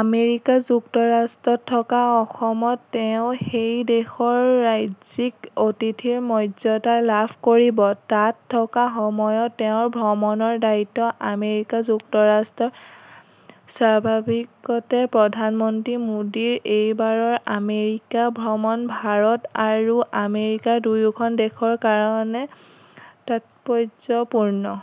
America যুক্তৰাষ্ট্ৰত থকা অসযমত তেওঁ সেই দেশৰ ৰাজ্যিক অতিথিৰ মৰ্যাদা লাভ কৰিব। তাত থকা সময়ত তেওঁৰ ভ্ৰমণৰ দায়িত্ব আমেৰিকা যুক্তৰাষ্টৰ। স্বাভাৱিকতে প্ৰধানমন্ত্ৰী মোদীৰ এইবাৰৰ আমেৰিকা ভ্ৰমণ ভাৰত আৰু আমেৰিকা দুয়োখন দেশৰ কাৰণে তাৎপৰ্যপূৰ্ণ।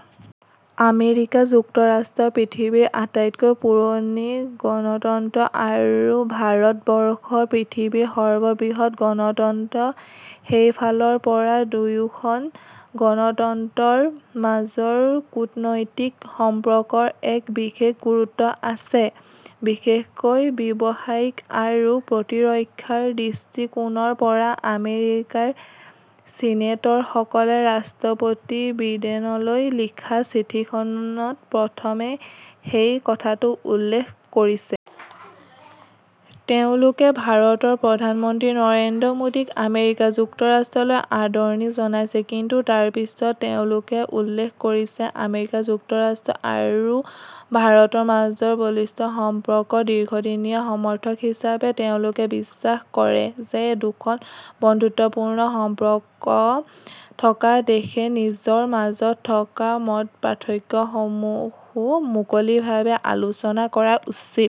আমেৰিকা যুক্তৰাষ্ট্ৰ পৃথিৱীৰ আটাইতকৈ পুৰণি গণতন্ত্ৰ আৰু ভাৰতবৰ্ষ পৃথিৱীৰ সৰ্ব বৃহৎ গণতন্ত্ৰ। সেইফালৰ পৰা দুয়োখন গণতন্ত্ৰৰ মাজৰ কূটনৈতিক সম্পৰ্কৰ এক বিশেষ গুৰুত্ব আছে বিশেষকৈ ব্যৱসায়িক আৰু প্ৰতিৰক্ষাৰ দৃষ্টিকোণৰ পৰা। আমেৰিকাৰ চিনেটৰ সকলে ৰাষ্ট্ৰপতি বিডেনলৈ লিখা চিঠিখনত প্ৰথমে সেই কথাটো উল্লেখ কৰিছে। তেওঁলোকেও ভাৰতৰ প্ৰধানমন্ত্ৰী নৰেন্দ্ৰ মোদীক আমেৰিকা যুক্তৰাষ্ট্ৰলৈ আদৰণি জনাইছে। কিন্তু তাৰ পিছত তেওঁলোকে উল্লেখ কৰিছে আমেৰিকাৰ যুক্তৰাষ্ট্ৰ আৰু ভাৰতৰ মাজৰ বলিষ্ঠ সম্পৰ্কৰ দীৰ্ঘদিনীয়া সমৰ্থক হিচাপে তেওঁলোকে বিশ্বাস কৰে যে দুখন বন্ধুত্বপূৰ্ণ সম্পৰ্ক থকা দেশে নিজৰ মাজত থকা মতপাৰ্থক্য সমূহো মুকলিভাৱে আলোচনা কৰা উচিত।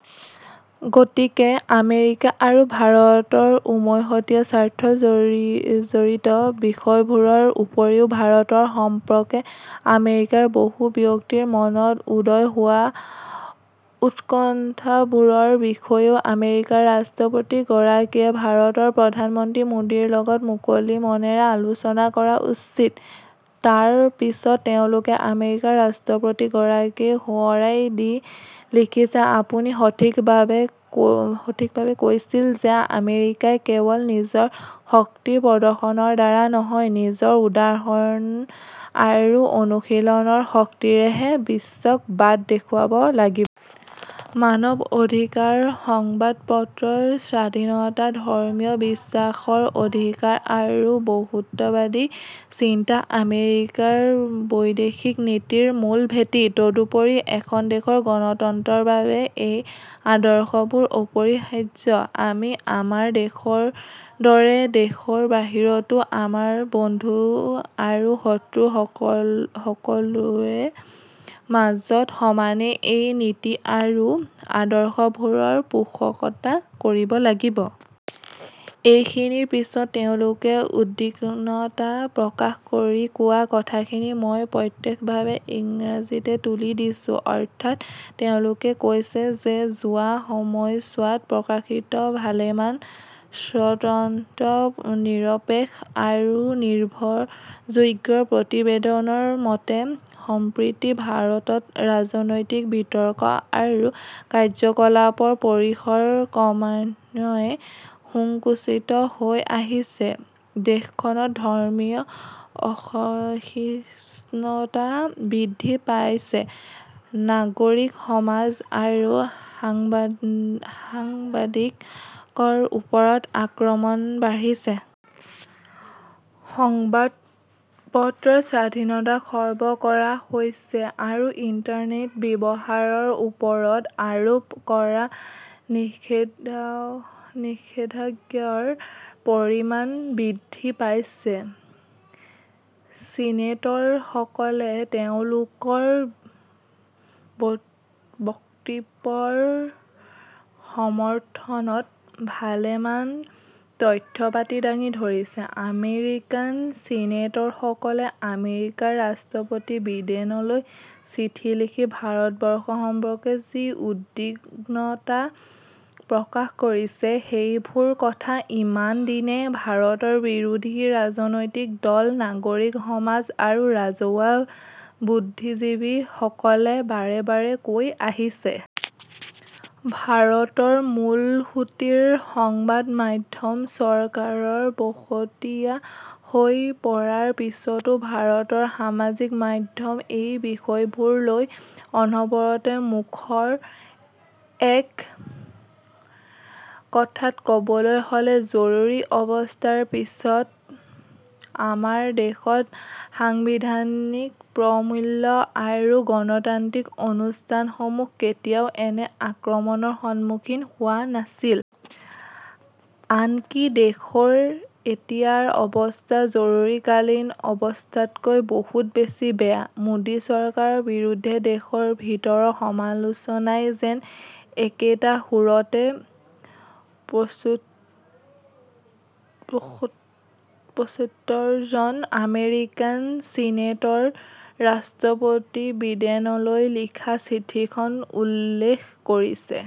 গতিকে আমেৰিকা আৰু ভাৰতৰ উমৈহতীয়া স্বাৰ্থ জড়ি জড়িত বিষয়বোৰৰ উপৰিও ভাৰতৰ সম্পৰ্কে আমেৰিকাৰ বহু ব্যক্তিৰ মনত উদয় হোৱা উৎকন্ঠাবোৰৰ বিষয়েও আমেৰিকাৰ ৰাষ্ট্ৰপতি গৰাকীয়ে ভাৰতৰ প্ৰধানমন্ত্ৰী মোদীৰ লগত মুকলি মনেৰে আলোচনা কৰা উচিত। তাৰ পিছত তেওঁলোকে আমেৰিকাৰ ৰাষ্ট্ৰপতি গৰাকীক সোঁৱৰাই দি লিখিছে আপুনি সঠিকভাৱে সঠিকভাৱে কৈছিল যে আমেৰিকাই কেৱল নিজৰ শক্তি প্ৰদৰ্শনৰ দ্বাৰা নহয় নিজৰ উদাহৰণ আৰু অনুশীলনৰ শক্তিৰেহে বিশ্বক বাট দেখুৱাব লাগিব। মানৱ অধিকাৰ সংবাদপত্ৰৰ স্বাধীনতা ধৰ্মীয় বিশ্বাসৰ অধিকাৰ আৰু বহুত্ববাদী চিন্তা আমেৰিকাৰ বৈদেশিক নীতিৰ মূল ভেটি। তদুপৰি এখন দেশৰ গণতন্ত্ৰৰ বাবে এই আদৰ্শবোৰ অপৰিহাৰ্য। আমি আমাৰ দেশৰ দৰে দেশৰ বাহিৰতো আমাৰ বন্ধু আৰু শত্ৰু সকলোৰে মাজত সমানে এই নীতি আৰু আদৰ্শবোৰৰ পোষকতা কৰিব লাগিব। এইখিনিৰ পিছত তেওঁলোকে উদ্বিগ্নতা প্ৰকাশ কৰি কোৱা কথাখিনি মই প্ৰত্যক্ষভাৱে ইংৰাজীতে তুলি দিছোঁঃ অৰ্থাৎ তেওঁলোকে কৈছে যে যোৱা সময়ছোৱাত প্ৰকাশিত ভালেমান স্বতন্ত্ৰ নিৰপেক্ষ আৰু নিৰ্ভৰযোগ্য প্ৰতিবেদনৰ মতে সম্প্ৰীতি ভাৰতত ৰাজনৈতিক বিতৰ্ক আৰু কাৰ্যকলাপৰ পৰিসৰ ক্ৰমান্বয়ে সংকুচিত হৈ আহিছে দেশখনত ধৰ্মীয় অসহিষ্ণুতা বৃদ্ধি পাইছে নাগৰিক সমাজ আৰু সাংবা সাংবাদিকৰ ওপৰত আক্ৰমণ বাঢ়িছে। সংবাদপত্ৰৰ স্বাধীনতা খৰ্ব কৰা হৈছে আৰু ইন্টাৰনেট ব্যৱহাৰৰ ওপৰত আৰোপ কৰা নিষেধা নিষেধাজ্ঞাৰ পৰিমাণ বৃদ্ধি পাইছে। চিনেটৰ সকলে তেওঁলোকৰ বক্ত বক্তিব্যৰ সমৰ্থনত ভালেমান তথ্যপাতি দাঙি ধৰিছে। আমেৰিকান চিনেটৰ সকলে আমেৰিকাৰ ৰাষ্ট্ৰপতি বিডেনলৈ চিঠি লিখি ভাৰতবৰ্ষ সম্পৰ্কে যি উদ্বিগ্নতা প্ৰকাশ কৰিছে সেইবোৰ কথা ইমান দিনে ভাৰতৰ বিৰোধী ৰাজনৈতিক দল নাগৰিক সমাজ আৰু ৰাজহুৱা বুদ্ধিজীৱী সকলে বাৰে পাৰে কৈ আহিছে। ভাৰতৰ মূলসূঁতিৰ সংবাদ মাধ্যম চৰকাৰৰ বহতীয়া হৈ পৰাৰ পিছতো ভাৰতৰ সামাজিক মাধ্যম এই বিষয়বোৰ লৈ অনবৰতে মুখৰ। এক কথাত কবলৈ হলে জৰুৰী অৱস্থাৰ পিছত আমাৰ দেশত সাংবিধানিক প্ৰমূল্য আৰু গণতান্ত্ৰিক অনুষ্ঠান সমূহ কেতিয়াও এনে আক্ৰমণৰ সন্মুখীন হোৱা নাছিল। আনকি দেশৰ এতিয়াৰ অৱস্থা জৰুৰীকালীন অৱস্থাতকৈ বহুত বেছি বেয়া। মোদী চৰকাৰৰ বিৰুদ্ধে দেশৰ ভিতৰৰ সমালোচনাই যেন একেটা সুৰতে পচ পষত্তৰ পঁচত্তৰ জন আমেৰিকান চিনেটৰে ৰাষ্ট্ৰপতি বিডেনলৈ লিখা চিঠিখনত উল্লেখ কৰিছে।